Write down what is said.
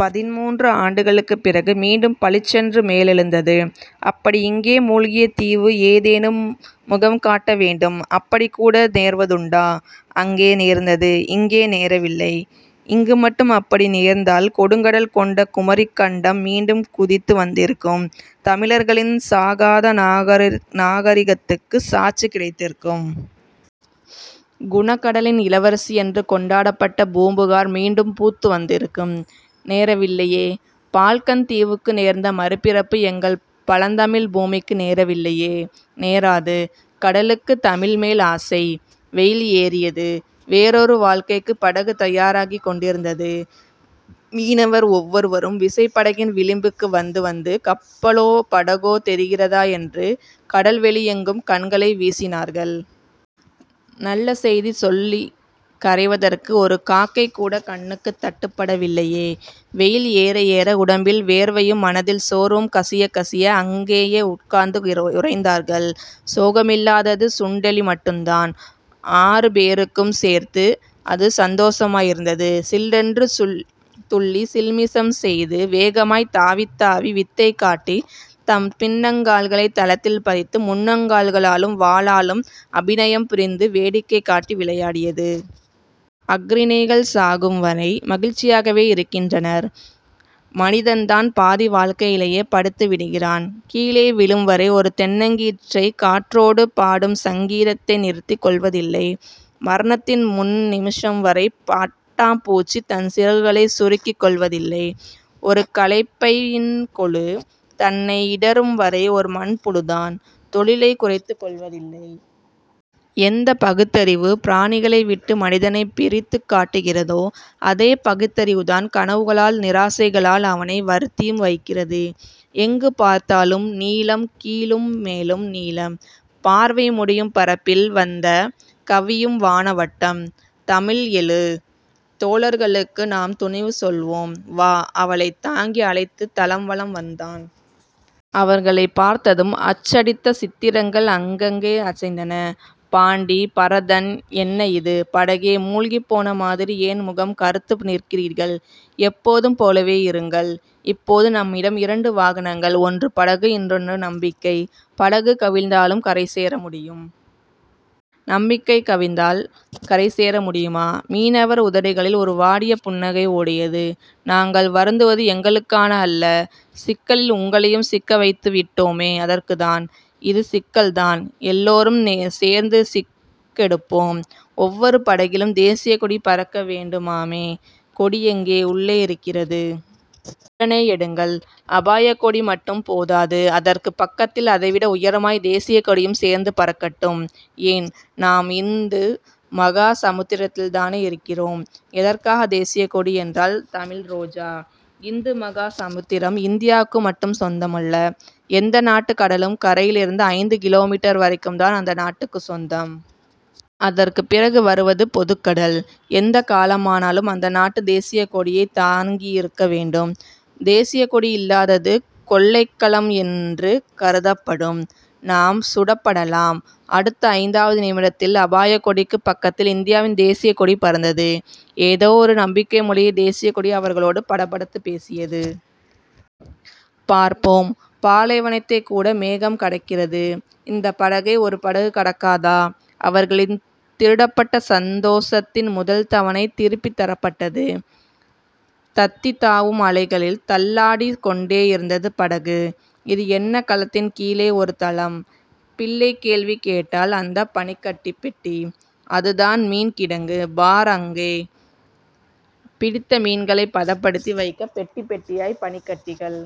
பதின்முன்று ஆண்டுகளுக்குப் பிறகு மீண்டும் பளிச்சென்று மேலெழுந்தது. அப்படி இங்கே முழ்கிய தீவு ஏதேனும் முகம் காட்ட வேண்டும். அப்படிக்கூட நேர்வதுண்டா? அங்கே நேர்ந்தது, இங்கே நேரவில்லை. இங்கு மட்டும் அப்படி நேர்ந்தால் கொடுங்கடல் கொண்ட குமரிக்கண்டம் மீண்டும் குதித்து வந்திருக்கும். தமிழர்களின் சாகாத நாகரிகத்துக்குச் சாட்சி கிடைத்திருக்கும். குணகடலின் இளவரசி என்று கொண்டாடப்பட்ட பூம்புகார் மீண்டும் பூத்து வந்திருக்கும். நேரவில்லையே. பால்கன் தீவுக்கு நேர்ந்த மறுபிறப்பு எங்கள் பழந்தமிழ் பூமிக்கு நேரவில்லையே. நேராது. கடலுக்குத் தமிழ்மேல் ஆசை. வெயில் ஏறியது. வேறோரு வாழ்க்கைக்குப் படகு தயாராகிக் கொண்டிருந்தது. மீனவர் ஒவ்வொருவரும் விசைப்படகின் விளிம்புக்கு வந்து வந்து கப்பலோ படகோ தெரிகிறதா என்று கடல்வெளியெங்கும் கண்களை வீசினார்கள். நல்ல செய்தி சொல்லிக் கரைவதற்கு ஒரு காக்கைகூடக் கண்ணுக்குத் தட்டுப்படவில்லையே. வெயில் ஏற ஏற, உடம்பில் வேர்வையும் மனதில் சோர்வும் கசியக் கசிய அங்கங்கே உட்கார்ந்து உறைந்தார்கள். சோகமில்லாதது சுண்டெலி மட்டுந்தான். ஆறுபேர்க்கும் சேர்த்து அது சந்தோஷமாயிருந்தது. சில்லென்று துள்ளிச் சில்மிஷம் செய்து வேகமாய்த் தாவித்தாவி வித்தை காட்டி தன் பின்னங்கால்களைத் தளத்தில் பதித்து முன்னங்கால்களாலும் வாலாலும் அபிநயம் புரிந்து வேடிக்கை காட்டி விளையாடியது. அஃறிணைகள் சாகும்வரை மகிழ்ச்சியாகவே இருக்கின்றன. மனிதன்தான் பாதி வாழ்க்கையிலேயே படுத்துவிடுகிறான். கீழே விழும்வரை ஒரு தென்னங்கீற்று காற்றோடு பாடும் சங்கீதத்தை நிறுத்திக் கொள்வதில்லை. மரணத்தின் முன்நிமிஷம் வரை பட்டாம் பூச்சித் தன் சிறகுகளைச் சுருக்கிக் கொள்வதில்லை. ஒரு கலப்பையின்கொழு தன்னை இடறும்வரை ஒரு மண்புழு தன் தொழிலைக் குறைத்துக் கொள்வதில்லை. எந்தப் பகுத்தறிவு, பிராணிகளைவிட்டு மனிதனைப் பிரித்துக் காட்டுகிறதோ அதே பகுத்தறிவுதான் கனவுகளால் நிராசைகளால் அவனை வருத்தியும் வைக்கிறது. எங்கு பார்த்தாலும் நீலம். கீழும் மேலும் நீலம். பார்வை முடியும் பரப்பில் வந்து கவியும் வானவட்டம். தமிழ் எழு. தோழர்களுக்கு நாம் துணிவு சொல்வோம். வா. அவளைத் தாங்கி அழைத்துத் தளம் வலம் வந்தான். அவர்களைப் பார்த்ததும் அச்சடித்த சித்திரங்கள் அங்கங்கே அசைந்தன. பாண்டி. பரதன். என்ன இது? படகே முழ்கிப் போன மாதிரி ஏன் முகம் கறுத்து நிற்கிறீர்கள்? எப்போதும் போலவே இருங்கள். இப்போது நம்மிடம் இரண்டு வாகனங்கள். ஒன்று படகு. இன்னொன்று நம்பிக்கை. படகு கவிழ்ந்தாலும் கரைசேர முடியும். நம்பிக்கை கவிழ்ந்தால் கரைசேர முடியுமா? மீனவர் உதடுகளில் ஒரு வாடிய புன்னகை ஓடியது. நாங்கள் வருந்துவது எங்களுக்கான அல்ல. சிக்கலில் உங்களையும் சிக்கவைத்துவிட்டோ மே. அதற்குத்தான். இது சிக்கல்தான். எல்லோரும் சேர்ந்து சிக்கெடுப்போம். ஒவ்வொரு படகிலும் தேசியக்கொடி பறக்க வேண்டுமாமே. கொடி எங்கே? உள்ளே இருக்கிறது. உடனே எடுங்கள். அபாயக்கொடி மட்டும் போதாது. அதற்குப் பக்கத்தில் அதைவிட உயரமாய் தேசியக்கொடியும் சேர்ந்து பறக்கட்டும். ஏன்? நாம் இந்து மகா சமுத்திரத்தில்தானே இருக்கிறோம். எதற்காகத் தேசியக்கொடி? என்றாள் தமிழ்ரோஜா. இந்துமகா சமுத்திரம் இந்தியாவுக்கு மட்டும் சொந்தமல்ல. எந்த நாட்டுக் கடலும் கரையிலிருந்து ஐந்து கிலோமீட்டர்வரைக்கும்தான் அந்த நாட்டுக்குச் சொந்தம். அதற்கு பிறகு வருவது பொதுக்கடல். எந்தக் கலமானாலும் அந்த நாட்டுத் தேசியக் கொடியைத் தாங்கியிருக்கவேண்டும். தேசியக்கொடி இல்லாதது கொள்ளைக்கலம் என்று கருதப்படும். நாம் சுடப்படலாம். அடுத்த ஐந்தாவது நிமிடத்தில் அபாயக்கொடிக்குப் பக்கத்தில் இந்தியாவின் தேசியக்கொடி பறந்தது. ஏதோ ஒரு நம்பிக்கைமொழியைத் தேசியக்கொடி அவர்களோடு படபடத்துப் பேசியது. பார்ப்போம், பாலைவனத்தைக்கூட மேகம் கடக்கிறதே. இந்தப் படகை ஒரு படகு கடக்காதா? அவர்களின் திருடப்பட்ட சந்தோஷத்தின் முதல் தவணை திருப்பித் தரப்பட்டது. தத்தித்தாவும் அலைகளில் தள்ளாடிக் கொண்டேயிருந்தது படகு. இது என்ன கலத்தின் கீழே ஒரு தளம்? பிள்ளைக்கேள்வி கேட்டாள் அந்த பனிக்கட்டிப்பெட்டி. அதுதான் மீன் கிடங்கு. பார் அங்கே. பிடித்த மீன்களைப் பதப்படுத்தி வைக்கப் பெட்டிப் பெட்டியாய்ப் பனிக்கட்டிகள்.